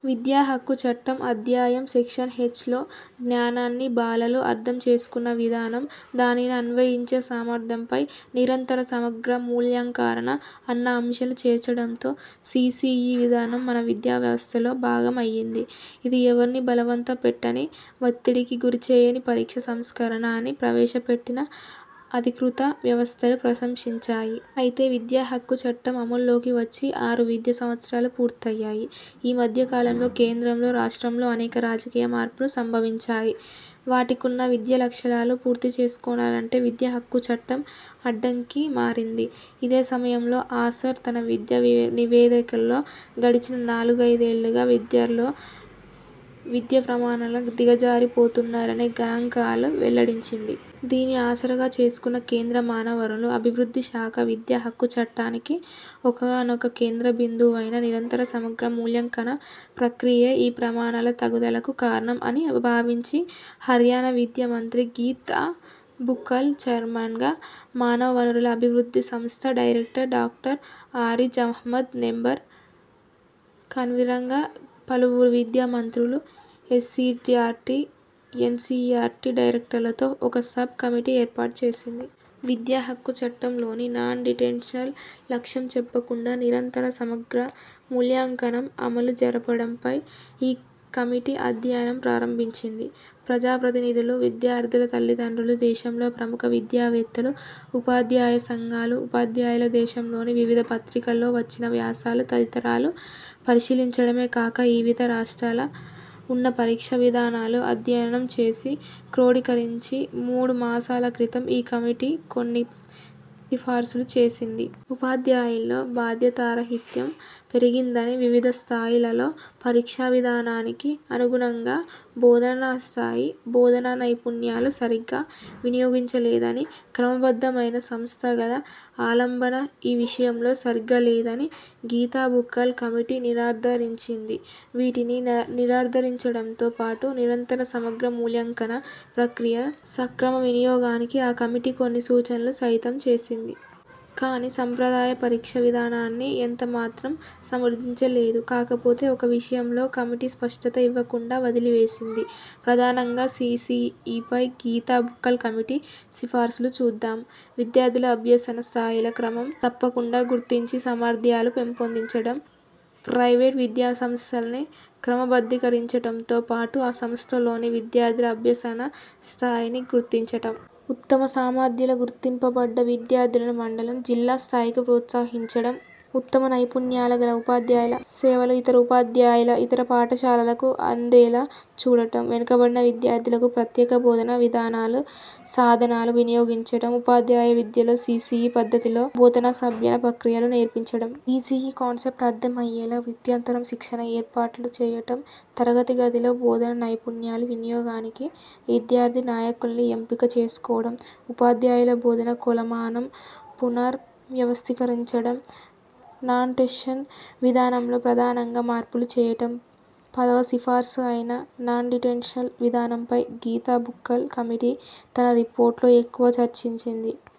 విద్యాహక్కు చట్టం – అధ్యాయం- సెక్షన్ హెచ్లో' జ్ఞానాన్ని బాలలు అర్థం చేసుకున్న విధానం, దానిని అన్వయించే సామర్థ్యంపై 'నిరంతర సమగ్ర మూల్యాంకనం' అన్న అంశాలు చేర్చడంతో సీసీఈ విధానం మన విద్యావ్యవస్థలో భాగం అయ్యింది. ఇది ఎవరినీ బలంవంత పెట్టని, వత్తిడికి గురిచేయని పరీక్షా సంస్కరణ అని ప్రవేశపెట్టిన అధీకృత వ్యవస్థలు ప్రశంసించాయి. అయితే విద్యాహక్కు చట్టం – అమలులోకి వచ్చి ఆరు విద్యా సంవత్సరాలు పూర్తయ్యాయి. ఈ మధ్య కాలంలో కేంద్రంలో, రాష్ట్రంలో అనేక రాజకీయ మార్పులు సంభవించాయి. వాటికున్న విద్యా లక్ష్యాలు పూర్తి చేసుకొనాలంటే 'విద్యాహక్కు చట్టం' అడ్డంకిగా మారింది. ఇదే సమయంలో 'ఆసర్' తన విద్యా నివేదికలో గడచిన నాలుగైదేళ్ళుగా విద్యార్థుల్లో విద్యా ప్రమాణాలు దిగజారుతున్నాయనే గణాంకాలు వెల్లడించింది. దీన్ని ఆసరాగా చేసుకున్న కేంద్ర మానవ వనరుల అభివృద్ధి శాఖ 'విద్యాహక్కు చట్టానికి' ఒకానొక కేంద్ర బిందువైన నిరంతర సమగ్ర మూల్యాంకన ప్రక్రియే ఈ ప్రమాణాల తగ్గుదలకు కారణం అని భావించి, హర్యానా విద్యా మంత్రి గీతా బుక్కల్ చైర్మన్గా, మానవ వనరుల అభివృద్ధి సంస్థ director doctor Areej Ahmed member కన్వీనర్గా పలువురు విద్యా మంత్రులు, ఎస్సీఈఆర్టీ, ఎన్సీఈఆర్టీ డైరెక్టర్లతో ఒక సబ్ కమిటీని ఏర్పాటు చేసింది. విద్యాహక్కు చట్టంలోని 'నాన్ డిటెన్షన్' లక్ష్యం చెడకుండా 'నిరంతర సమగ్ర మూల్యాంకనం' అమలు జరపడంపై ఈ కమిటీ అధ్యయనం ప్రారంభించింది. ప్రజాప్రతినిధులు విద్యార్థుల తల్లిదండ్రులు దేశంలోని ప్రముఖ విద్యావేత్తలు, ఉపాధ్యాయ సంఘాలు, ఉపాధ్యాయలు, దేశంలోని వివిధ పత్రికల్లో వచ్చిన వ్యాసాలు తదితరాలు పరిశీలించడమే కాక వివిధ రాష్ట్రాలలో ఉన్న పరీక్షా విధానాలు అధ్యయనం చేసి క్రోడీకరించి మూడు మాసాల క్రితం ఈ కమిటీ కొన్ని సిఫార్సులు చేసింది. ఉపాధ్యాయుల్లో బాధ్యతారాహిత్యం పెరిగిందని వివిధ స్థాయిలలో పరీక్షా విధానానికి అనుగుణంగా బోధనాస్థాయి, బోధనా నైపుణ్యాలు సరిగా వినియోగించలేదని, క్రమబద్ధమైన సంస్థాగత ఆలంబన ఈ విషయంలో సరిగా లేదని గీతాబుక్కల్ కమిటీ నిర్థారించింది. వీటిని నిర్థారించడంతో పాటు 'నిరంతర సమగ్ర మూల్యాంకన' ప్రక్రియ సక్రమ వినియోగానికి ఆ కమిటీ కొన్ని సూచనలు సైతం చేసింది. కానీ సంప్రదాయ పరీక్షా విధానాన్ని ఎంతమాత్రం సమర్థించలేదు. కాకపోతే ఒక్క విషయంలో కమిటీ స్పష్టత ఇవ్వకుండా వదిలివేసింది. ప్రధానంగా సీసీఈపై గీతా బుక్కల్ కమిటీ సిఫార్సులు చూద్దాం. విద్యార్థుల అభ్యసన స్థాయిలు క్రమం తప్పకుండా గుర్తించి సామర్థ్యాలు పెంపొందించడం. ప్రైవేటు విద్యాసంస్థల్ని క్రమబద్ధీకరించడంతో పాటు ఆ సంస్థల్లోని విద్యార్థుల అభ్యసన స్థాయిల్ని గుర్తించడం. ఉత్తమ సామర్థ్యాలు గుర్తింపబడ్డ విద్యార్థుల్ని మండల, జిల్లా స్థాయికి ప్రోత్సహించడం. ఉత్తమ నైపుణ్యాలు గల ఉపాధ్యాయుల సేవలు ఇతర ఉపాధ్యాయులు, ఇతర పాఠశాలలకు అందేలా చూడటం. వెనుకబడిన విద్యార్థులకు ప్రత్యేక బోధనా విధానాలు, సాధనాలు వినియోగించడం. ఉపాధ్యాయ విద్యలో సీసీఈ పద్ధతిలో బోధనాభ్యసన ప్రక్రియలు నేర్పించడం. సీసీఈ కాన్సెప్ట్ అర్థం అయ్యేలా వృత్యంతర శిక్షణ ఏర్పాట్లు చేయడం. తరగతి గదిలో బోధనా నైపుణ్యాలు వినియోగానికి విద్యార్థి నాయకుల్ని ఎంపిక చేసుకోవడం. ఉపాధ్యాయుల బోధనా కొలమానం పునర్ వ్యవస్థీకరించడం. 'నాన్డిటెన్షన్' విధానంలో ప్రధానంగా మార్పులు చేయడం. పదవ సిఫార్సు అయిన 'నాన్డిటెన్షన్' విధానంపై గీతా బుక్కల్ కమిటీ తన రిపోర్టులో ఎక్కువగా చర్చించింది.